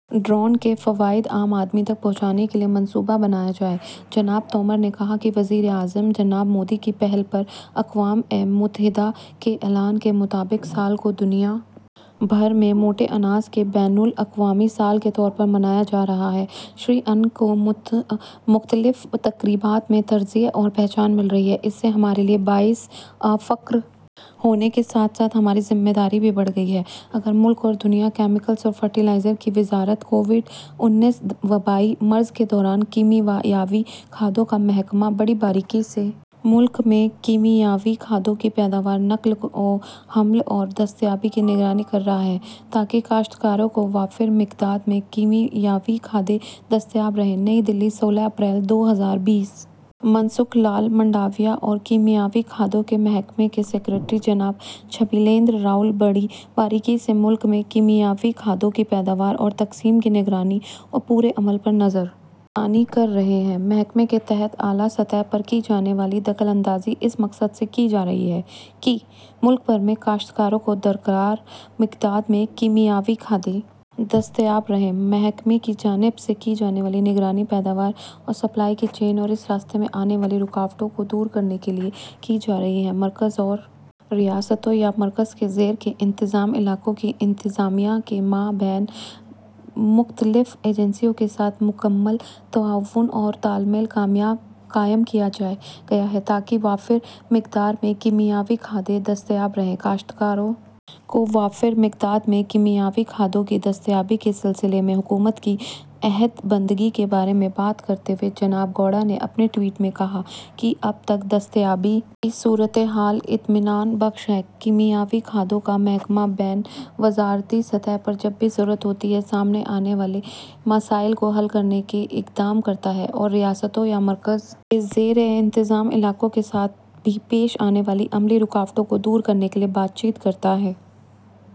drone کے فوائد عام آدمی تک پہنچانے کے لیے منصوبہ بنایا جائے جناب تومر نے کہا کہ وزیر اعظم جناب مودی کی پہل پر اقوام متحدہ کے اعلان کے مطابق سال کو دنیا بھر میں موٹے اناج کے بین الاقوامی سال کے طور پر منایا جا رہا ہے شری ان کو مختلف تقریبات میں ترجیح اور پہچان مل رہی ہے اس سے ہمارے لیے باعث فخر ہونے کے ساتھ ساتھ ہماری ذمہ داری بھی بڑھ گئی ہے اگر ملک اور دنیا کیمیکلز اور فرٹیلائزر کی وزارت کووڈ انیس وبائی مرض کے درمیان کیمیاوی کھادوں کا محکمہ بڑی باریکی سے ملک میں کیمیاوی کھادوں کی پیداوار نقل و حمل اور دستیابی کی نگرانی کر رہا ہے تاکہ کاشتکاروں کو وافر مقدار میں کیمیاوی کھادیں دستیاب رہیں نئی دہلی سولہ اپریل دو ہزار بیس من سکھ لال منڈاویہ اور کیمیاوی کھادوں کے محکمے کے سکریٹری جناب چھبی لیندر راؤل بڑی باریکی سے ملک میں کیمیاوی کھادوں کی پیداوار اور تقسیم کی نگرانی اور پورے عمل پر نظر ثانی کر رہے ہیں محکمے کے تحت اعلیٰ سطح پر کی جانے والی دخل اندازی اس مقصد سے کی جا رہی ہے کہ ملک بھر میں کاشتکاروں کو درکار مقدار میں کیمیاوی کھادیں دستیاب رہیں محکمے کی جانب سے کی جانے والی نگرانی پیداوار اور سپلائی کی چین اور اس راستے میں آنے والی رکاوٹوں کو دور کرنے کے لیے کی جا رہی ہے مرکز اور ریاستوں یا مرکز کے زیر انتظام علاقوں کی انتظامیہ کے مابین مختلف ایجنسیوں کے ساتھ مکمل تعاون اور تال میل قائم کیا گیا ہے تاکہ وافر مقدار میں کیمیاوی کھادیں دستیاب رہیں کاشتکاروں کو وافر مقدار میں کیمیاوی کھادوں کی دستیابی کے سلسلے میں حکومت کی عہد بندگی کے بارے میں بات کرتے ہوئے جناب گوڑا نے اپنے ٹویٹ میں کہا ہے کہ اب تک دستیابی کی صورتحال اطمینان بخش ہے کیمیاوی کھادوں کا محکمہ بین وزارتی سطح پر جب بھی ضرورت ہوتی ہے سامنے آنے والے مسائل کو حل کرنے کے اقدام کرتا ہے اور ریاستوں یا مرکز کے زیر انتظام علاقوں کے ساتھ بھی پیش آنے والی عملی رکاوٹوں کو دور کرنے کے لیے بات چیت کرتا ہے